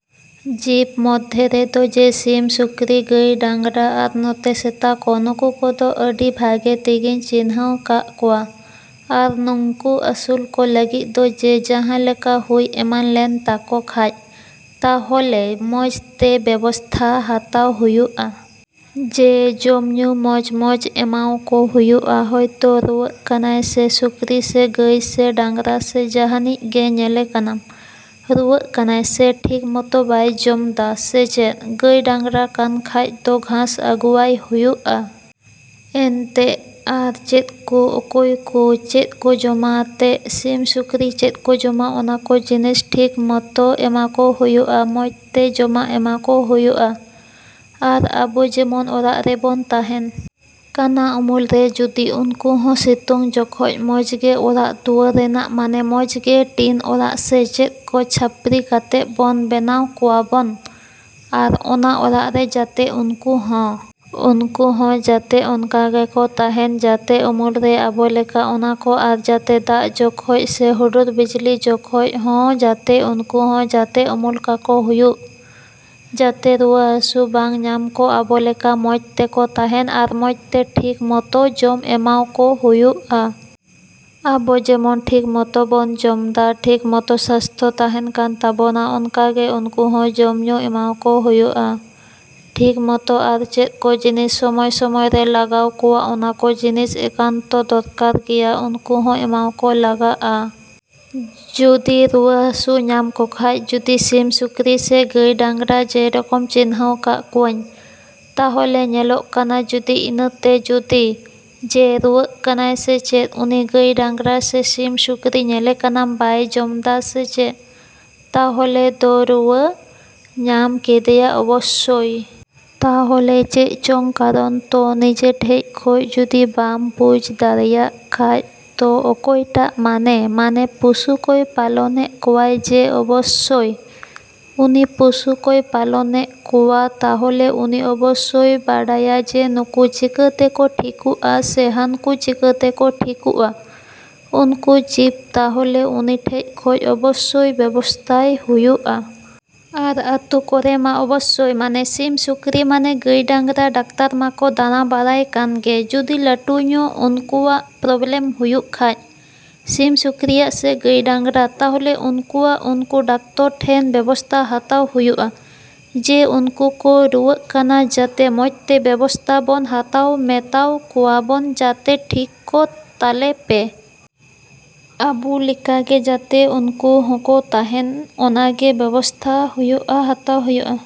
ᱡᱤᱵᱽ ᱢᱚᱫᱽᱫᱷᱮ ᱨᱮᱫᱚ ᱡᱮ ᱥᱤᱢ, ᱥᱩᱠᱨᱤ, ᱜᱟᱹᱭ, ᱰᱟᱝᱨᱟ ᱟᱨ ᱱᱚᱛᱮ ᱥᱮᱛᱟ ᱠᱚ ᱱᱩᱠᱩ ᱠᱚᱫᱚ ᱟᱹᱰᱤ ᱵᱷᱟᱜᱮ ᱛᱮᱜᱤᱧ ᱪᱤᱱᱦᱟᱹᱣ ᱠᱟᱜ ᱠᱚᱣᱟ᱾ ᱟᱨ ᱱᱩᱝᱠᱩ ᱟᱹᱥᱩᱞ ᱠᱚ ᱞᱟᱹᱜᱤᱫ ᱫᱚ ᱡᱮ ᱡᱟᱦᱟᱸ ᱞᱮᱠᱟ ᱦᱩᱭ ᱮᱢᱟᱱ ᱞᱮᱱ ᱛᱟᱠᱚ ᱠᱷᱟᱡ ᱛᱟᱦᱚᱞᱮ ᱢᱚᱡᱽ ᱛᱮ ᱵᱮᱵᱚᱥᱛᱷᱟ ᱦᱟᱛᱟᱣ ᱦᱩᱭᱩᱜ-ᱟ᱾ ᱡᱮ ᱡᱚᱢ ᱧᱩ ᱢᱚᱡᱽ ᱢᱚᱡᱽ ᱮᱢᱟᱣ ᱠᱚ ᱦᱩᱭᱩᱜ-ᱟ᱾ ᱦᱚᱭᱛᱳ ᱨᱩᱣᱟᱹᱜ ᱠᱟᱱᱟᱭ ᱥᱮ ᱥᱩᱠᱨᱤ, ᱥᱮ ᱜᱟᱹᱭ, ᱥᱮ ᱰᱟᱝᱨᱟ, ᱥᱮ ᱡᱟᱦᱟᱱᱤᱡ ᱜᱮ ᱧᱮᱞᱮ ᱠᱟᱱᱟᱢ ᱨᱩᱣᱟᱹᱜ ᱠᱟᱱᱟᱭ ᱥᱮ ᱴᱷᱤᱠ ᱢᱚᱛᱳ ᱵᱟᱭ ᱡᱚᱢᱫᱟ ᱥᱮ ᱪᱮᱫ? ᱜᱟᱹᱭ ᱰᱟᱝᱨᱟ ᱠᱟᱱ ᱠᱷᱟᱡ ᱫᱚ ᱜᱷᱟᱥ ᱟᱹᱜᱩᱣᱟᱭ ᱦᱩᱭᱩᱜ-ᱟ᱾ ᱮᱱᱛᱮᱜ ᱟᱨ ᱪᱮᱫᱠᱩ ᱚᱠᱚᱭ ᱠᱩ ᱪᱮᱫ ᱠᱚ ᱡᱚᱢᱟ ᱛᱮᱜ ᱥᱤᱢ ᱥᱩᱠᱨᱤ ᱪᱮᱫ ᱠᱚ ᱡᱚᱢᱟ ᱚᱱᱟ ᱠᱚ ᱡᱤᱱᱤᱥ ᱴᱷᱤᱠ ᱢᱚᱛᱳ ᱮᱢᱟ ᱠᱚ ᱦᱩᱭᱩᱜ-ᱟ᱾ ᱢᱚᱡᱽ ᱛᱮ ᱡᱚᱢᱟᱜ ᱮᱢᱟᱠᱚ ᱦᱩᱭᱩᱜ-ᱟ᱾ ᱟᱨ ᱟᱹᱵᱩ ᱡᱮᱢᱚᱱ ᱚᱲᱟᱜ ᱨᱮᱵᱚᱱ ᱛᱟᱦᱮᱱ ᱠᱟᱱᱟ ᱩᱢᱩᱞ ᱨᱮ ᱡᱩᱫᱤ ᱩᱱᱠᱩ ᱦᱚᱸ ᱥᱤᱛᱩᱝ ᱡᱚᱠᱷᱚᱡ ᱢᱚᱡᱽ ᱜᱮ ᱚᱲᱟᱜ ᱫᱩᱣᱟᱹᱨ ᱨᱮᱱᱟᱜ ᱢᱟᱱᱮ ᱢᱚᱡᱽ ᱜᱮ ᱴᱤᱱ ᱚᱲᱟᱜ ᱥᱮ ᱪᱮᱫ ᱠᱚ ᱪᱷᱟᱯᱲᱤ ᱠᱟᱛᱮᱜ ᱵᱚᱱ ᱵᱮᱱᱟᱣ ᱠᱚᱣᱟᱵᱚᱱ ᱟᱨ ᱚᱱᱟ ᱚᱲᱟᱜ ᱨᱮ ᱡᱟᱛᱮ ᱩᱱᱠᱩ ᱦᱚᱸ ᱩᱱᱠᱩ ᱦᱚᱸ ᱡᱟᱛᱮ ᱚᱱᱠᱟ ᱜᱮᱠᱚ ᱛᱟᱦᱮᱱ ᱡᱟᱛᱮ ᱩᱢᱩᱞ ᱨᱮ ᱟᱵᱚ ᱞᱮᱠᱟ ᱚᱱᱟᱠᱚ ᱟᱨ ᱡᱟᱛᱮ ᱫᱟᱜ ᱡᱚᱠᱷᱚᱡ ᱥᱮ ᱦᱩᱰᱩᱨ ᱵᱤᱡᱽᱞᱤ ᱡᱚᱠᱷᱚᱡ ᱦᱚᱸ ᱡᱟᱛᱮ ᱩᱱᱠᱩ ᱦᱚᱸ ᱡᱟᱛᱮ ᱩᱢᱩᱞ ᱠᱟᱠᱚ ᱦᱩᱭᱩᱜ ᱡᱟᱛᱮ ᱨᱩᱣᱟᱹ ᱦᱟᱹᱥᱩ ᱵᱟᱝ ᱧᱟᱢ ᱠᱚ ᱟᱵᱚ ᱞᱮᱠᱟ ᱢᱚᱡᱽ ᱛᱮᱠᱚ ᱛᱟᱦᱮᱱ ᱟᱨ ᱢᱚᱡᱽ ᱛᱮ ᱴᱷᱤᱠ ᱢᱚᱛᱳ ᱡᱚᱢ ᱮᱢᱟᱣ ᱠᱚ ᱦᱩᱭᱩᱜ-ᱟ᱾ ᱟᱵᱚ ᱡᱮᱢᱚᱱ ᱴᱷᱤᱠ ᱢᱚᱛᱳ ᱵᱚᱱ ᱡᱚᱢᱫᱟ ᱴᱷᱤᱠ ᱢᱚᱛᱳ ᱥᱟᱥᱛᱷᱚ ᱛᱟᱦᱮᱱ ᱠᱟᱱ ᱛᱟᱵᱳᱱᱟ ᱚᱱᱠᱟᱜᱮ ᱩᱱᱠᱩ ᱦᱚᱸ ᱡᱚᱢ ᱧᱩ ᱮᱢᱟᱣ ᱠᱚ ᱦᱩᱭᱩᱜ-ᱟ ᱴᱷᱤᱠ ᱢᱚᱛᱚ ᱟᱨ ᱪᱮᱫ ᱠᱚ ᱡᱤᱱᱤᱥ ᱥᱚᱢᱚᱭ ᱥᱚᱢᱚᱭ ᱨᱮ ᱞᱟᱜᱟᱣ ᱠᱚᱣᱟ ᱚᱱᱟ ᱠᱚ ᱡᱤᱱᱤᱥ ᱮᱠᱟᱱᱛᱚ ᱫᱚᱨᱠᱟᱨ ᱜᱮᱭᱟ ᱩᱱᱠᱩ ᱦᱚᱸ ᱮᱢᱟᱣ ᱠᱚ ᱞᱟᱜᱟᱜ-ᱟ᱾ ᱡᱩᱫᱤ ᱨᱩᱣᱟᱹ ᱦᱟᱹᱥᱩ ᱧᱟᱢ ᱠᱚᱠᱷᱟᱡ ᱡᱩᱫᱤ ᱥᱤᱢ, ᱥᱩᱠᱨᱤ ᱥᱮ ᱜᱟᱹᱭ, ᱰᱟᱝᱨᱟ ᱡᱮᱨᱚᱠᱚᱢ ᱪᱤᱱᱦᱟᱹᱣ ᱠᱟᱜ ᱠᱚᱣᱟᱧ ᱛᱟᱦᱞᱮ ᱧᱮᱞᱚᱜ ᱠᱟᱱᱟ ᱡᱩᱫᱤ ᱤᱱᱟᱹᱛᱮ ᱡᱩᱫᱤ ᱡᱮ ᱨᱩᱣᱟᱹᱜ ᱠᱟᱱᱟᱭ ᱥᱮ ᱪᱮᱫ ᱩᱱᱤ ᱜᱟᱹᱭ, ᱰᱟᱝᱨᱟ ᱥᱮ ᱥᱤᱢ, ᱥᱩᱠᱨᱤ ᱧᱮᱞᱮ ᱠᱟᱱᱟᱢ ᱵᱟᱭ ᱡᱚᱢᱫᱟ ᱥᱮ ᱪᱮᱫ ᱛᱟᱦᱞᱮ ᱫᱚ ᱨᱩᱣᱟᱹ ᱧᱟᱢ ᱠᱮᱫᱮᱭᱟ ᱚᱵᱚᱥᱥᱳᱭ᱾ ᱛᱟᱦᱞᱮ ᱪᱮᱫ ᱪᱚᱝ ᱠᱟᱨᱚᱱ ᱛᱚ ᱱᱤᱡᱮ ᱴᱷᱮᱡ ᱠᱷᱚᱡ ᱡᱩᱫᱤ ᱵᱟᱢ ᱵᱩᱡᱽ ᱫᱟᱲᱮᱭᱟᱜ ᱠᱷᱟᱡ ᱛᱚ ᱚᱠᱚᱭᱴᱟᱜ ᱢᱟᱱᱮ ᱢᱟᱱᱮ ᱯᱚᱥᱩ ᱠᱚᱭ ᱯᱟᱞᱚᱱᱮᱜ ᱠᱚᱣᱟᱭ ᱡᱮ ᱚᱵᱚᱥᱥᱚᱭ ᱩᱱᱤ ᱯᱚᱥᱩ ᱠᱚᱭ ᱯᱟᱞᱚᱱᱮᱜ ᱠᱚᱣᱟ ᱛᱟᱦᱞᱮ ᱩᱱᱤ ᱚᱵᱚᱥᱥᱚᱭ ᱵᱟᱰᱟᱭᱟ ᱡᱮ ᱱᱩᱠᱩ ᱪᱤᱠᱟ ᱛᱮᱠᱚ ᱴᱷᱤᱠᱚᱜ-ᱟ ᱥᱮ ᱦᱟᱹᱱᱠᱩ ᱪᱤᱠᱟ ᱛᱮᱠᱚ ᱴᱷᱤᱠᱚᱜ-ᱟ ᱩᱱᱠᱩ ᱡᱤᱵᱽ ᱛᱟᱦᱞᱮ ᱩᱱᱤ ᱴᱷᱮᱡ ᱠᱷᱚᱡ ᱚᱵᱚᱥᱥᱚᱭ ᱵᱮᱵᱚᱥᱛᱷᱟᱭ ᱦᱩᱭᱩᱜ-ᱟ᱾ ᱟᱨ ᱟᱹᱛᱩ ᱠᱚᱨᱮ ᱢᱟ ᱚᱵᱚᱥᱥᱚᱭ ᱢᱟᱱᱮ ᱥᱤᱢ, ᱥᱩᱠᱨᱤ, ᱢᱟᱱᱮ ᱜᱟᱹᱭ, ᱰᱟᱝᱨᱟ ᱰᱟᱠᱛᱟᱨ ᱢᱟᱠᱚ ᱫᱟᱬᱟ ᱵᱟᱲᱟᱭ ᱠᱟᱱᱜᱮ ᱡᱩᱫᱤ ᱞᱟᱹᱴᱩ ᱧᱚᱜ ᱩᱱᱠᱩᱣᱟᱜ ᱯᱨᱚᱵᱞᱮᱢ ᱦᱩᱭᱩᱜ ᱠᱷᱟᱡ ᱥᱤᱢ, ᱥᱩᱠᱨᱤᱭᱟᱜ ᱥᱮ ᱜᱟᱹᱭ, ᱰᱟᱝᱨᱟ ᱛᱟᱦᱞᱮ ᱩᱱᱠᱩᱣᱟᱜ ᱩᱱᱠᱩ ᱰᱟᱠᱛᱚᱨ ᱴᱷᱮᱱ ᱵᱮᱵᱚᱥᱛᱷᱟ ᱦᱟᱛᱟᱣ ᱦᱩᱭᱩᱜ-ᱟ ᱡᱮ ᱩᱱᱠᱩ ᱠᱚ ᱨᱩᱣᱟᱹᱜ ᱠᱟᱱᱟ ᱡᱟᱛᱮ ᱢᱚᱡᱽᱛᱮ ᱵᱮᱵᱚᱥᱛᱷᱟ ᱵᱚᱱ ᱦᱟᱛᱟᱣ ᱢᱮᱛᱟᱣ ᱠᱚᱣᱟᱵᱚᱱ ᱡᱟᱛᱮ ᱴᱷᱤᱠ ᱠᱚ ᱛᱟᱞᱮ ᱯᱮ᱾ ᱟᱹᱵᱩ ᱞᱮᱠᱟᱜᱮ ᱡᱟᱛᱮ ᱩᱱᱠᱩ ᱦᱚᱸᱠᱚ ᱛᱟᱦᱮᱱ ᱚᱱᱟᱜᱮ ᱵᱮᱵᱚᱥᱛᱷᱟ ᱦᱩᱭᱩᱜ-ᱟ ᱦᱟᱛᱟᱣ ᱦᱩᱭᱩᱜ-ᱟ᱾